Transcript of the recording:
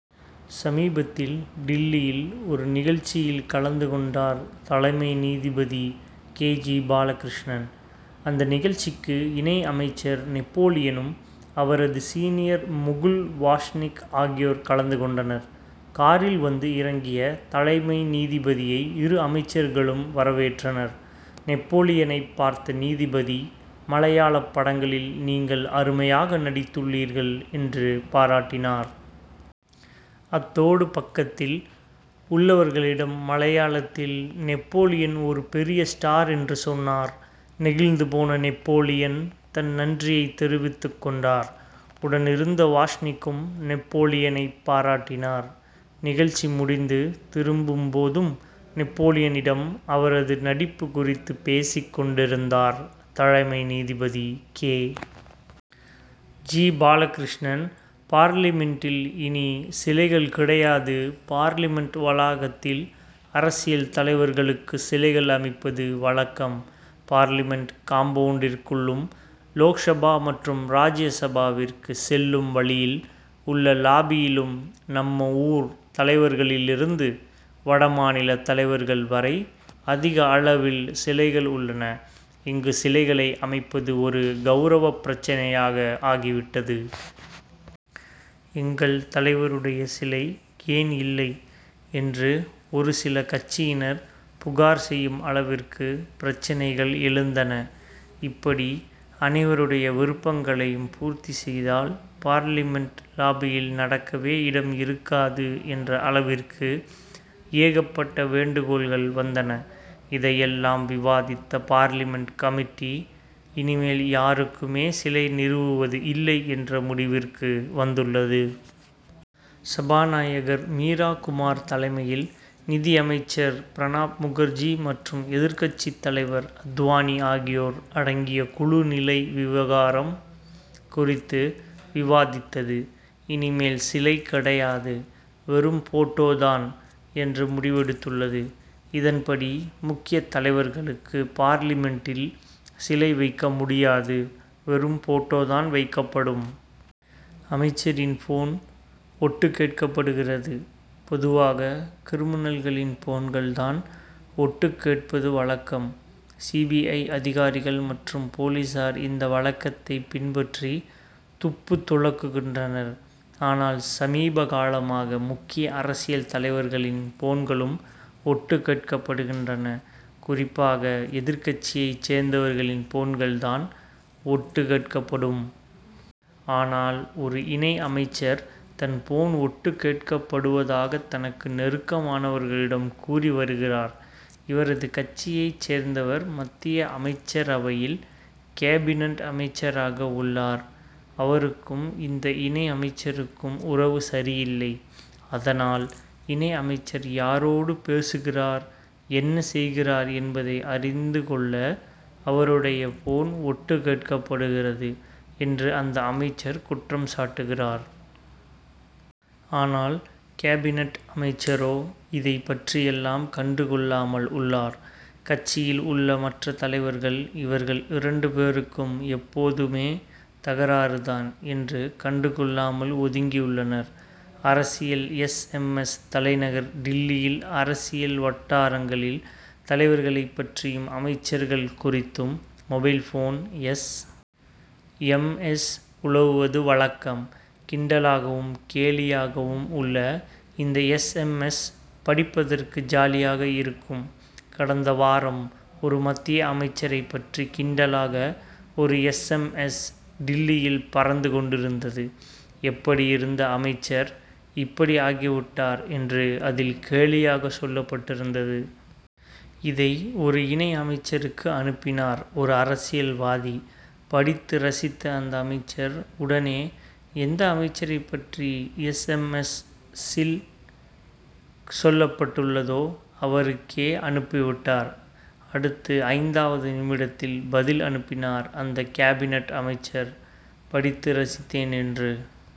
சமீபத்தில் டில்லியில் ஒரு நிகழ்ச்சியில் கலந்து கொண்டார் தலைமை நீதிபதி கே. ஜி. பாலகிருஷ்ணன். அந்த நிகழ்ச்சிக்கு இணை அமைச்சர் நெப்போலியனும், அவரது சீனியர் முகுல் வாஸ்னிக் ஆகியோர் கலந்து கொண்டனர். காரில் வந்து இறங்கிய தலைமை நீதிபதியை இரு அமைச்சர்களும் வரவேற்றனர். நெப்போலியனைப் பார்த்த நீதிபதி, மலையாளப் படங்களில் நீங்கள் அருமையாக நடித்துள்ளீர்கள் என்று பாராட்டினார். அத்தோடு பக்கத்தில் உள்ளவர்களிடம் மலையாளத்தில் நெப்போலியன் ஒரு பெரிய ஸ்டார் என்று சொன்னார். நெகிழ்ந்து போன நெப்போலியன், தன் நன்றியைத் தெரிவித்துக் கொண்டார். உடன் இருந்த வாஸ்னிக்கும் நெப்போலியனைப் பாராட்டினார். நிகழ்ச்சி முடிந்து திரும்பும் போதும் நெப்போலியனிடம் அவரது நடிப்பு குறித்து பேசிக் கொண்டிருந்தார் தலைமை நீதிபதி கே. ஜி. பாலகிருஷ்ணன். பார்லிமென்ட்டில் இனி சிலைகள் கிடையாதுபார்லிமென்ட் வளாகத்தில் அரசியல் தலைவர்களுக்கு சிலைகள் அமைப்பது வழக்கம். பார்லிமென்ட் காம்பவுன்டிற்குள்ளும், லோக்சபா மற்றும் ராஜ்ய சபாவிற்கு செல்லும் வழியில் உள்ள லாபியிலும் நம்ம ஊர் தலைவர்களிலிருந்து வடமாநில தலைவர்கள் வரை அதிக அளவில் சிலைகள் உள்ளன. இங்கு சிலைகளை அமைப்பது ஒரு கவுரவப் பிரச்னையாக ஆகிவிட்டது. எங்கள் தலைவருடைய சிலை ஏன் இல்லை' என்று ஒரு சில கட்சியினர் புகார் செய்யும் அளவிற்கு பிரச்னைகள் எழுந்தன. இப்படி அனைவருடைய விருப்பங்களையும் பூர்த்தி செய்தால், பார்லிமென்ட் லாபியில் நடக்கவே இடம் இருக்காது என்ற அளவிற்கு ஏகப்பட்ட வேண்டுகோள்கள் வந்தன. இதையெல்லாம் விவாதித்த பார்லிமென்ட் கமிட்டி, இனிமேல் யாருக்குமே சிலை நிறுவுவது இல்லை என்ற முடிவிற்கு வந்துள்ளது. சபாநாயகர் மீரா குமார் தலைமையில், நிதியமைச்சர் பிரணாப் முகர்ஜி மற்றும் எதிர்க்கட்சித் தலைவர் அத்வானி ஆகியோர் அடங்கிய குழு நிலை விவகாரம் குறித்து விவாதித்தது. இனிமேல் சிலை கிடையாது, வெறும் போட்டோ தான்' என்று முடிவெடுத்துள்ளது. இதன்படி, முக்கிய தலைவர்களுக்கு பார்லிமென்ட்டில் சிலை வைக்க முடியாது, வெறும் போட்டோ தான் வைக்கப்படும். அமைச்சரின் போன் ஒட்டுக் கேட்கப்படுகிறது? பொதுவாக கிரிமினல்களின் போன்கள் தான் ஒட்டுக் கேட்பது வழக்கம். சி. பி. ஐ. அதிகாரிகள் மற்றும் போலீசார் இந்த வழக்கத்தைப் பின்பற்றி துப்பு துலக்குகின்றனர். ஆனால், சமீபகாலமாக முக்கிய அரசியல் தலைவர்களின் போன்களும் ஒட்டுக் கேட்கப்படுகின்றன. குறிப்பாக, எதிர்க்கட்சியைச் சேர்ந்தவர்களின் போன்கள் தான் ஒட்டுக் கேட்கப்படும். ஆனால், ஒரு இணை அமைச்சர், தன் போன் ஒட்டுக் கேட்கப்படுவதாக தனக்கு நெருக்கமானவர்களிடம் கூறி வருகிறார். இவரது கட்சியைச் சேர்ந்தவர் மத்திய அமைச்சரவையில் கேபினட் அமைச்சராக உள்ளார். அவருக்கும் இந்த இணை அமைச்சருக்கும் உறவு சரியில்லை. அதனால், இணை அமைச்சர் யாரோடு பேசுகிறார்? என்ன செய்கிறார் என்பதை அறிந்து கொள்ள அவருடைய போன் ஒட்டுக் கேட்கப்படுகிறது என்று அந்த அமைச்சர் குற்றம் சாட்டுகிறார். ஆனால், கேபினட் அமைச்சரோ இதைப் பற்றியெல்லாம் கண்டு கொள்ளாமல் உள்ளார். கட்சியில் உள்ள மற்ற தலைவர்கள், இவர்கள் இரண்டு பேருக்கும் எப்போதுமே தகராறு தான் என்று கண்டுகொள்ளாமல் ஒதுங்கியுள்ளனர். அரசியல் எஸ். எம். எஸ்.,தலைநகர் டில்லியில் அரசியல் வட்டாரங்களில் தலைவர்களைப் பற்றியும் அமைச்சர்கள் குறித்தும் mobile phone S. M. S., உலவுவது வழக்கம். கிண்டலாகவும், கேலியாகவும் உள்ள இந்த எஸ். எம். எஸ்., படிப்பதற்கு ஜாலியாக இருக்கும். கடந்த வாரம் ஒரு மத்திய அமைச்சரைப் பற்றி கிண்டலாக ஒரு எஸ். எம். எஸ்., டில்லியில் பறந்து கொண்டிருந்தது. எப்படியிருந்த அமைச்சர் இப்படி ஆகிவுட்டார் என்று அதில் கேலியாக சொல்லப்பட்டிருந்தது. இதை ஒரு இணை அமைச்சருக்கு அனுப்பினார் ஒரு அரசியல்வாதி. படித்து ரசித்த அந்த அமைச்சர் உடனே, எந்த அமைச்சரைப் பற்றி எஸ். எம். எஸ்.,சில் சொல்லப்பட்டுள்ளதோ அவருக்கே அனுப்பிவிட்டார். அடுத்து ஐந்தாவது நிமிடத்தில் பதில் அனுப்பினார் அந்த கேபினட் அமைச்சர், படித்து ரசித்தேன் என்று.